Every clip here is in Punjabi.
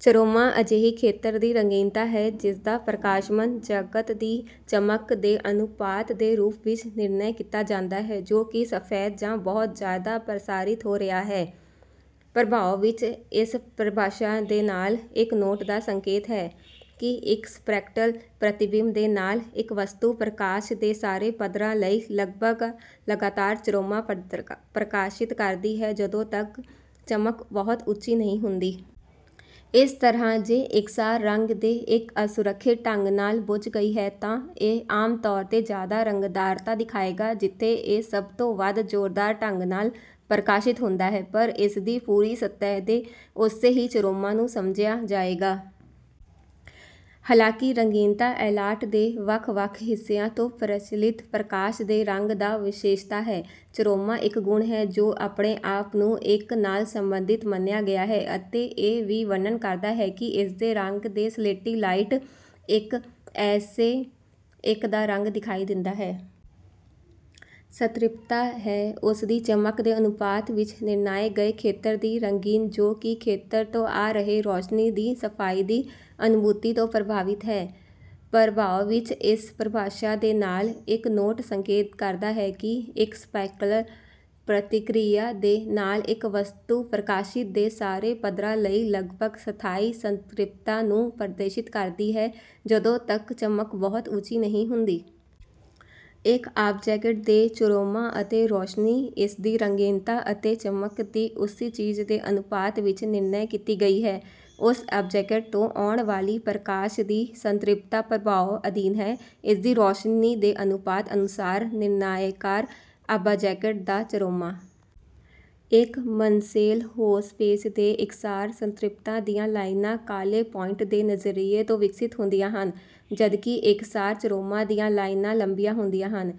ਚਰੋਮਾ ਅਜਿਹੀ ਖੇਤਰ ਦੀ ਰੰਗੀਨਤਾ ਹੈ ਜਿਸਦਾ ਪ੍ਰਕਾਸ਼ਮਾਨ ਜਗਹ ਦੀ ਚਮਕ ਦੇ ਅਨੁਪਾਤ ਦੇ ਰੂਪ ਵਿੱਚ ਨਿਰਣਾ ਕੀਤਾ ਜਾਂਦਾ ਹੈ ਜੋ ਕਿ ਸਫੈਦ ਜਾਂ ਬਹੁਤ ਜ਼ਿਆਦਾ ਪ੍ਰਸਾਰਿਤ ਹੋ ਰਿਹਾ ਹੈ। ਪ੍ਰਭਾਵ ਵਿੱਚ ਇਸ ਪਰਿਭਾਸ਼ਾ ਦੇ ਨਾਲ ਇੱਕ ਨੋਟ ਦਾ ਸੰਕੇਤ ਹੈ ਕਿ ਇੱਕ ਸਪ੍ਰੈਕਟਲ ਪ੍ਰਤੀਬਿੰਬ ਦੇ ਨਾਲ ਇੱਕ ਵਸਤੂ ਪ੍ਰਕਾਸ਼ ਦੇ ਸਾਰੇ ਪੱਧਰਾਂ ਲਈ ਲਗਭਗ ਲਗਾਤਾਰ ਚਰੋਮਾ ਪ੍ਰਦਰਸ਼ਿਤ ਕਰਦੀ ਹੈ ਜਦੋਂ ਤੱਕ ਚਮਕ ਬਹੁਤ ਉੱਚੀ ਨਹੀਂ ਹੁੰਦੀ। ਇਸ ਤਰ੍ਹਾਂ ਜੇ ਇਕਸਾਰ ਰੰਗ ਦੇ ਇੱਕ ਅਸੁਰੱਖਿਅਤ ਢੰਗ ਨਾਲ ਬੁਝ ਗਈ ਹੈ ਤਾਂ ਇਹ ਆਮ ਤੌਰ ਤੇ ਜ਼ਿਆਦਾ ਰੰਗਦਾਰਤਾ ਦਿਖਾਏਗਾ ਜਿਥੇ ਇਹ ਸਭ ਤੋਂ ਵੱਧ ਜ਼ੋਰਦਾਰ ਢੰਗ ਨਾਲ ਪ੍ਰਕਾਸ਼ਤ ਹੁੰਦਾ ਹੈ ਪਰ ਇਸਦੀ ਪੂਰੀ ਸਤਿਹ ਤੇ ਉਸੇ ਹੀ ਚਰੋਮਾ ਨੂੰ ਸਮਝਿਆ ਜਾਵੇਗਾ। ਹਾਲਾਂਕਿ ਰੰਗੀਨਤਾ ਅਲਾਟ ਦੇ ਵੱਖ ਵੱਖ ਹਿੱਸਿਆਂ ਤੋਂ ਪ੍ਰਚੱਲਿਤ ਪ੍ਰਕਾਸ਼ ਦੇ ਰੰਗ ਦਾ ਵਿਸ਼ੇਸ਼ਤਾ ਹੈ ਚਰੋਮਾ ਇੱਕ ਗੁਣ ਹੈ ਜੋ ਕਿ ਆਪਣੇ ਆਪ ਨੂੰ ਇੱਕ ਨਾਲ ਸਬੰਧਤ ਮੰਨਿਆ ਗਿਆ ਹੈ ਅਤੇ ਇਹ ਵੀ ਵਰਨ ਕਰਦਾ ਹੈ ਕਿ ਇਸਦੇ ਰੰਗ ਦੇ ਸਲੇਟੀ ਲਾਈਟ ਇਨ ਐਸੇ ਇੱਕ ਦਾ ਰੰਗ ਦਿਖਾਈ ਦਿੰਦਾ ਹੈ। ਸਤ੍ਰਿਪਤਾ ਹੈ ਉਸ ਦੀ ਚਮਕ ਦੇ ਅਨੁਪਾਤ ਵਿੱਚ ਨਿਰਣਾਏ ਗਏ ਖੇਤਰ ਦੀ ਰੰਗੀਨ ਜੋ ਕਿ ਖੇਤਰ ਤੋਂ ਆ ਰਹੇ ਰੌਸ਼ਨੀ ਦੀ ਸਫਾਈ ਦੀ ਅਨੁਭੂਤੀ ਤੋਂ ਪ੍ਰਭਾਵਤ ਹੈ। ਪ੍ਰਭਾਵ ਵਿੱਚ ਇਸ ਪਰਿਭਾਸ਼ਾ ਦੇ ਨਾਲ ਇੱਕ ਨੋਟ ਸੰਕੇਤ ਕਰਦਾ ਹੈ ਕਿ ਇੱਕ ਸਪ੍ਰੈਕਲਰ ਪ੍ਰਤੀਕਿਰਿਆ ਦੇ ਨਾਲ ਇੱਕ ਵਸਤੂ ਪ੍ਰਕਾਸ਼ ਦੇ ਸਾਰੇ ਪੱਧਰਾਂ ਲਈ ਲਗਭਗ ਸਥਾਈ ਸੰਤ੍ਰਿਪਤਾ ਨੂੰ ਪ੍ਰਦਰਸ਼ਿਤ ਕਰਦੀ ਹੈ ਜਦੋਂ ਤੱਕ ਚਮਕ ਬਹੁਤ ਉੱਚੀ ਨਹੀਂ ਹੁੰਦੀ। ਇੱਕ ਆਬਜੈਕਟ ਦੇ ਚਰੋਮਾ ਅਤੇ ਰੋਸ਼ਨੀ ਇਸਦੀ ਰੰਗੀਨਤਾ ਅਤੇ ਚਮਕ ਦੀ ਉਸੇ ਚੀਜ਼ ਦੇ ਅਨੁਪਾਤ ਵਿੱਚ ਨਿਰਣਾ ਕੀਤੀ ਗਈ ਹੈ ਉਸ ਆਬਜੈਕਟ ਤੋਂ ਆਉਣ ਵਾਲੀ ਪ੍ਰਕਾਸ਼ ਦੀ ਸੰਤ੍ਰਿਪਤਾ ਪ੍ਰਭਾਵ ਅਧੀਨ ਹੈ ਇਸਦੀ ਰੌਸ਼ਨੀ ਦੇ ਅਨੁਪਾਤ ਅਨੁਸਾਰ ਨਿਰਣਾਇਕ ਆਬਜੈਕਟ ਦਾ ਚਰੋਮਾ। ਇੱਕ ਮਨਸੇਲ ਹੂਜ਼ ਪੇਜ ਤੇ ਇਕਸਾਰ ਸੰਤ੍ਰਿਪਤਾ ਦੀਆਂ ਲਾਈਨਾਂ ਕਾਲੇ ਪੁਆਇੰਟ ਦੇ ਨਜ਼ਰੀਏ ਤੋਂ ਵਿਕਸਤ ਹੁੰਦੀਆਂ ਹਨ ਜਦ ਕਿ ਇਕਸਾਰ ਚਰੋਮਾ ਦੀਆਂ ਲਾਈਨਾਂ ਲੰਬੀਆਂ ਹੁੰਦੀਆਂ ਹਨ।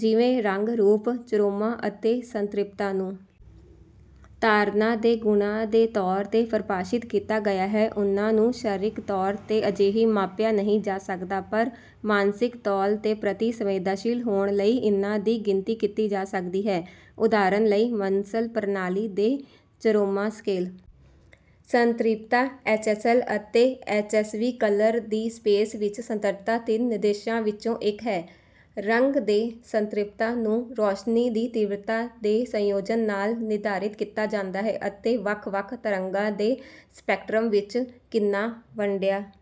ਜਿਵੇਂ ਰੰਗ ਰੂਪ ਚਰੋਮਾ ਅਤੇ ਸੰਤ੍ਰਿਪਤਾ ਨੂੰ ਧਾਰਨਾ ਦੇ ਗੁਣਾਂ ਦੇ ਤੌਰ ਤੇ ਪ੍ਰਭਾਸ਼ਿਤ ਕੀਤਾ ਗਿਆ ਹੈ ਉਨ੍ਹਾਂ ਨੂੰ ਸਰੀਰਕ ਤੌਰ ਤੇ ਅਜਿਹੇ ਮਾਪਿਆ ਨਹੀਂ ਜਾ ਸਕਦਾ ਪਰ ਮਾਨਸਿਕ ਤੋਲ ਦੇ ਪ੍ਰਤੀ ਸੰਵੇਦਨਾਸ਼ੀਲ ਹੋਣ ਲਈ ਇਹਨਾਂ ਦੀ ਗਿਣਤੀ ਕੀਤੀ ਜਾ ਸਕਦੀ ਹੈ ਉਦਾਹਰਨ ਲਈ ਮੁਨਸਲ ਪ੍ਰਣਾਲੀ ਦੇ ਚਰੋਮਾ ਸਕੇਲ। ਸੰਤ੍ਰਿਪਤਾ ਐਚਐਸਐਲ ਅਤੇ H S V colour space ਵਿੱਚ ਸਤੰਨਤਾ ਤਿੰਨ ਨਿਰਦੇਸ਼ਾਂ ਵਿੱਚੋਂ ਇੱਕ ਹੈ। ਰੰਗ ਦੀ ਸੰਤ੍ਰਿਪਤਾ ਨੂੰ ਰੌਸ਼ਨੀ ਦੀ ਤੀਬਰਤਾ ਦੇ ਸੰਯੋਜਨ ਨਾਲ ਨਿਰਧਾਰਤ ਕੀਤਾ ਜਾਂਦਾ ਹੈ ਅਤੇ ਵੱਖ ਵੱਖ ਤਰੰਗਾਂ ਦੀ ਸਪੈਕਟ੍ਰਮ ਵਿੱਚ ਕਿੰਨਾ ਵੰਡਿਆ